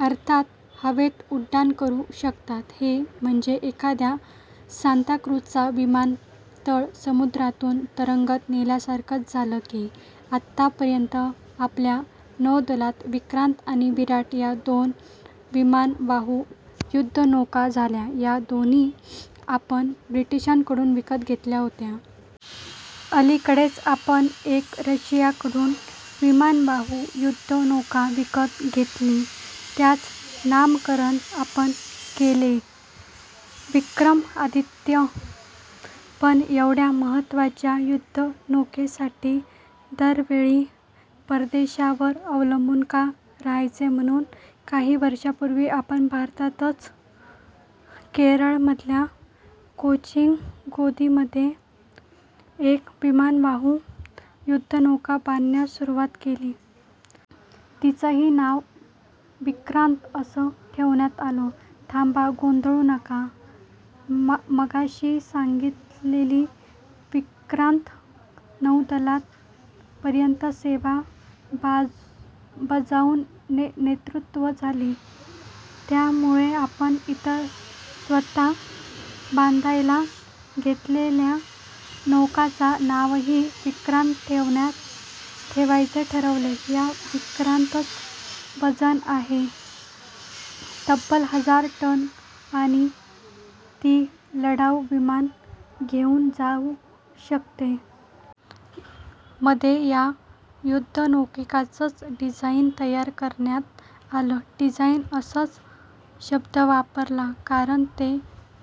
अर्थात हवेत उड्डाण करू शकतात. हे म्हणजे एखादा सांताक्रूझचा विमानतळ समुद्रातून तरंगत नेल्यासारखंच झालं की. आतापर्यंत आपल्या नौदलात विक्रांत आणि विराट या दोन विमानवाहू युध्दनौका झाल्या. या दोन्ही आपण ब्रिटनकडून विकत घेतल्या होत्या. अलीकडेच आपण एक रशियाकडून विमानवाहू युध्दनौका विकत घेतली, तिचं नामकरण आपण केलंय विक्रमादित्य. पण एवढ्या महत्त्वाच्या युध्दनौकेसाठी दरवेळी परदेशावर अवलंबून का रहायचं. म्हणून काही वर्षांपूर्वी आपण भारतातच केरळमधल्या कोचीन गोदीमध्ये एक विमानवाहू युध्दनौका बांधण्यास सुरुवात केली. तिचंही नाव विक्रांत असंच ठेवण्यात आलं. थांबा, गोंधळू नका. मघाशी सांगितलेली विक्रांत नौदलात पर्यंत सेवा बजावून निवृत्त झाली. त्यामुळे आपण नंतर स्वतः बांधायला घेतलेल्या नौकेचं नावही विक्रांत ठेवायचं ठरवलं. या विक्रांतचं वजन आहे तब्बल हजार टन आणि ती लढाऊ विमानं घेऊन जाऊ शकते. मध्ये या युध्दनौकेचं डिझाईन तयार करण्यात आलं. डिझाइन असाच शब्द वापरला, कारण ते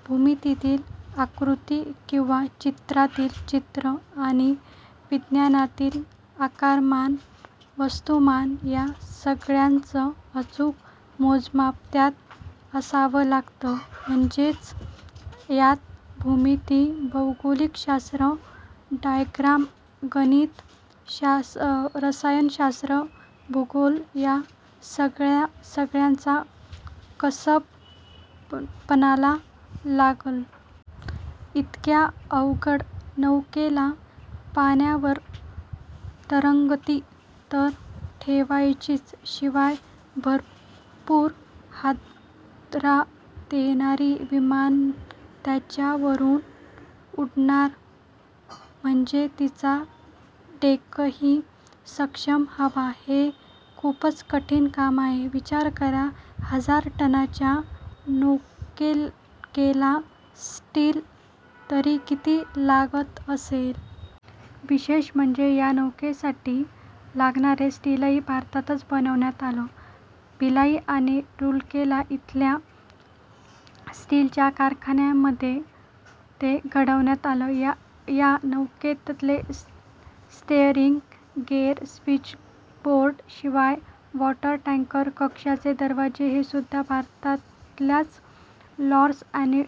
भूमितीतील आकृती किंवा चित्रातील चित्र आणि विज्ञानातील आकारमान, वस्तुमान या सगळ्याचं अचूक मोजमाप त्यात असावं लागतं. म्हणजे यात भूमिती, भौतिकशास्त्र, ड्रॉइंग, गणित, रसायनशात्र, भूगोल या सगळ्या सगळ्याचं कसब पणाला लागतं. इतक्या अवजड नौकेला पाण्यावर तरंगती तर ठेवायचीच, शिवाय भरपूर हादरा देणारी विमानं तिच्यावरून उडणार म्हणजे तिचा डेकही सक्षम हवा... हे खूपच कठीण काम. विचार करा हजार टनांच्या नौकेला स्टील तरी किती लागत असेल. विशेष म्हणजे या नौकेसाठी लागलेलं स्टीलही भारतातच बनवण्यात आलं. भिलाई आणि रुरकेला इथल्या स्टीलच्या कारखान्यांमध्ये ते घडवण्यात आलं. या नौकेतले स्टीअरिंग गिअर, स्वीचबोर्ड शिवाय वॉटरटाइट कक्षांचे दरवाजे हेसुध्दा भारतातल्याच लार्सन आणि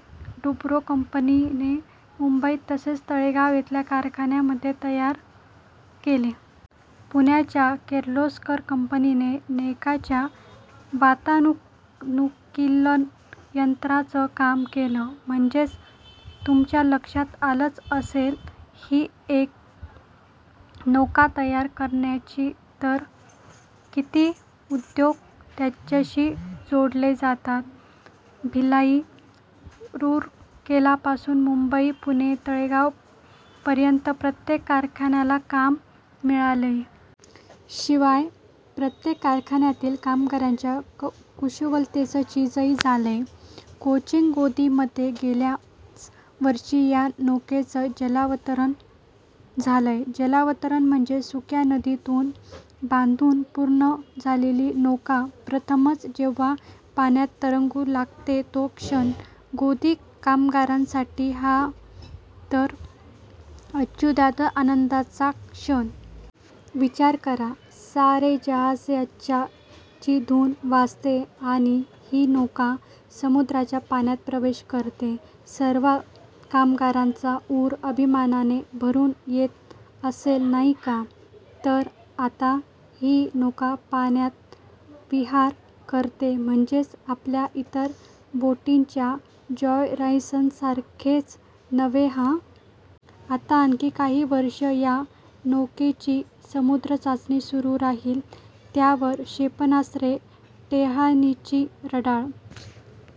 टुब्रो कंपनीने मुंबई तसंच तळेगाव इथल्या कारखान्यांमध्ये तयार केले. पुण्याच्या किर्लोस्कर कंपनीने नौकेच्या वातानुकूलन यंत्रणेचं काम केलं. म्हणजे तुमच्या लक्षात आलं असेल की एकेक नौका तयार करायची, तर किती उद्योग त्याच्याशी जोडले जातात. भिलाई, रुरकेलापासून मुंबई, पुणे, तळेगावपर्यंत प्रत्येक कारखान्याला काम मिळालंय. शिवाय प्रत्येक कारखान्यातील कामगारांच्या कुशलतेचं चीजही झालंय. कोचीन गोदीमध्ये गेल्याच वर्षी या नौकेचं जलावतरण झालं. जलावतरण म्हणजे सुक्या गोदीत बांधून पूर्ण झालेली नौका प्रथमच जेव्हा पाण्यात तरंगू लागते, तो क्षण. गोदी कामगारांसाठी तर हा अत्युच्च आनंदाचा क्षण. विचार करा, सारे जहाँ से अच्छा ची धून वाजतेय आणि ही नौका समुद्राच्या पाण्यात प्रवेश करतेय. सर्व कामगारांचा ऊर अभिमानाने भरून येत असेल नाही का. तर आता ही नौका पाण्यात विहार करतेय, म्हणजे आपल्या इतर बोटींच्या जॉयराइडसारखी नव्हे हं. आता आणखी काही वर्षं या नौकेची समुद्री चाचणी सुरू राहील, त्यावर क्षेपणास्त्रे, टेहळणीची रडार